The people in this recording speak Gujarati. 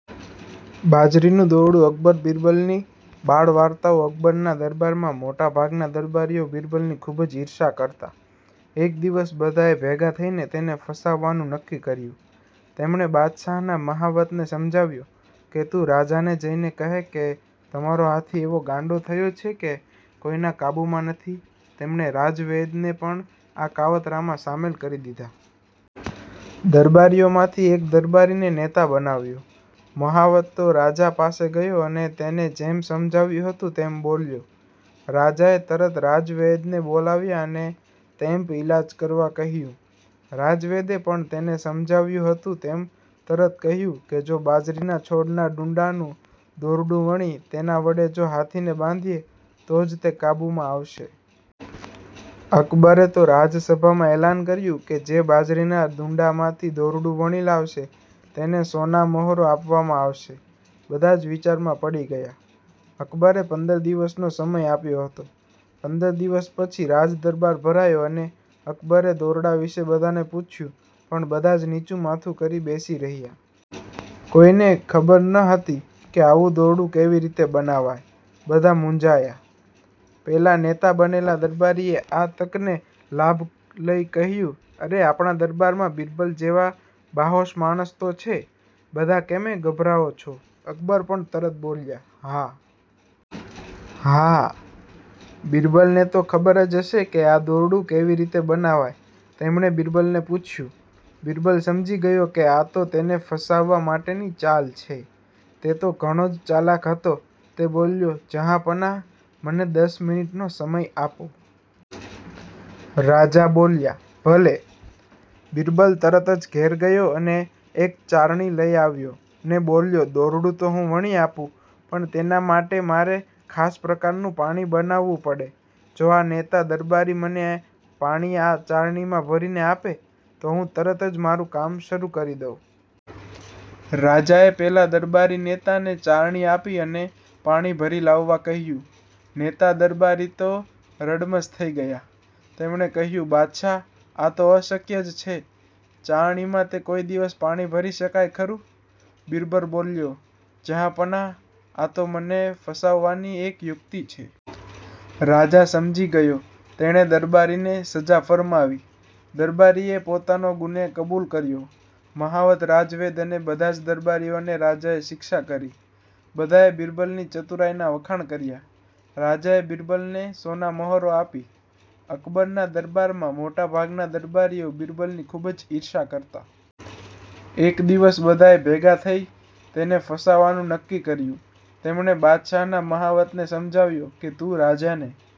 બાજરીનું દોરડું અકબર બિરબલની બાળ વાર્તાઓ અકબરના દરબારમાં મોટા ભાગના દરબારીઓ બિરબલની ખૂબ જ ઇર્ષા કરતા. એક દિવસ બધાએ ભેગા થઈને તેને ફસાવવાનું નક્કી કર્યું. તેમણે બાદશાહના મહાવતને સમજાવ્યો કે તું રાજાને જઈને કહે કે તમારો હાથી એવો ગાંડો થયો છે કે કોઈના કાબૂમાં નથી તેમણે રાજવૈદને પણ આ કાવતરામાં સામેલ કરી દીધા. દરબારીઓમાંથી એક દરબારીને નેતા બનાવ્યો. મહાવત તો રાજા પાસે ગયો અને તેને જેમ સમજાવ્યું હતું તેમે બોલ્યો. રાજાએ તરત રાજવૈદને બોલાવ્યા અને તેંપ ઇલાજ કરવા કહ્યું. રાજવૈદે પણ તેને સમ્જાવ્યું હતું તેમ તરત કહ્યું કે જો બાજરીના છોડના ડૂંડાનું દોરડું વણી તેના વડે જો હાથીને બાંધીએ તો જ તે કાબૂમાં આવશે. અકબરે તો રાજસભામાં એલાન કર્યું કે જે બાજરીના ડૂંડામાંથી દોરડું વણી લાવશે તેને સોનામહોરો આપવામાં આવશે. બધા જ વિચારમાં પડી ગયા. અકબરે પંદર દિવસનો સમય આપ્યો હતો. પંદર દિવસ પછી રાજદરબાર ભરાયો અને અકબરે દોરડા વિષે બધાને પૂછ્યું પણ બધા જ નીચું માથું કરી બેસી રહ્યા. કોઈને ખબર ન હતી કે આવું દોરડું કેવી રીતે બનાવાય. બધા મૂંઝાયા. પેલા નેતા બનેલા દરબારીએ આ તકનો લાભ લઈ કહ્યું અરે આપણા દરબારમાં બિરબલ જેવા બાહોશ માણસ તો છે. બધા કેમે ગભરાઓ છો અકબર પણ તરત બોલ્યા હા.. હા.. બિરબલને તો ખબર જ હશે કે આ દોરડું કેવી રીતે બનાવાય તેમણે બિરબલને પૂછ્યું બિરબલ સમજી ગયો કે આ તો તેને ફસાવવા માટેની ચાલ છે. તે તો ઘણો જ ચાલક હતો તે બોલ્યો જહાંપનાહ મને દસ મિનિટનો સમય આપો. રાજા બોલ્યા ભલે.. બિરબલ તરત જ ઘેર ગયો અને એક ચાળણી લઈ આવ્યો અને બોલ્યો દોરડું તો હું વણી આપું પણ તેના માટે મારે ખાસ પ્રકારનું પાણી બનાવવું પડે જો આ નેતા દરબારી મને પાણી આ ચાળણીમાં ભરીને આપે તો હું તરત જ મારું કામ શરૂ કરી દઉં. રાજાએ પેલા દરબારી નેતાને ચાળણી આપી અને પાણી ભરી લાવવા કહ્યું. નેતા દરબારી તો રડમસ થઈ ગયા. તેમણે કહ્યું બાદશાહ આ તો અશક્ય જ છે. ચાળણીમાં તે કોઈ દિવસ પાણી ભરી શકાય ખરું બિરબલ બોલ્યો જહાંપનાહ આતો મને ફસાવવાની એક યુક્તિ છે. રાજા સમજી ગયો તેણે દરબારીને સજા ફરમાવી. દરબારીએ પોતાનો ગુને કબૂલ કર્યો. મહાવત રાજવૈદ અને બધા જ દરબારીઓને રાજાએ શિક્ષા કરી. બધાએ બિરબલની ચતુરાઈનાં વખાણ કર્યા. રાજાએ બિરબલને સોનામહોરો આપી. અકબરના દરબારમાં મોટા ભાગના દરબારીઓ બિરબલની ખૂબ જ ઇર્ષા કરતા. એક દિવસ બધાએ ભેગા થઈને તેને ફસાવવાનું નક્કી કર્યું. તેમણે બાદશાહના મહાવતને સમજાવ્યો કે તું રાજાને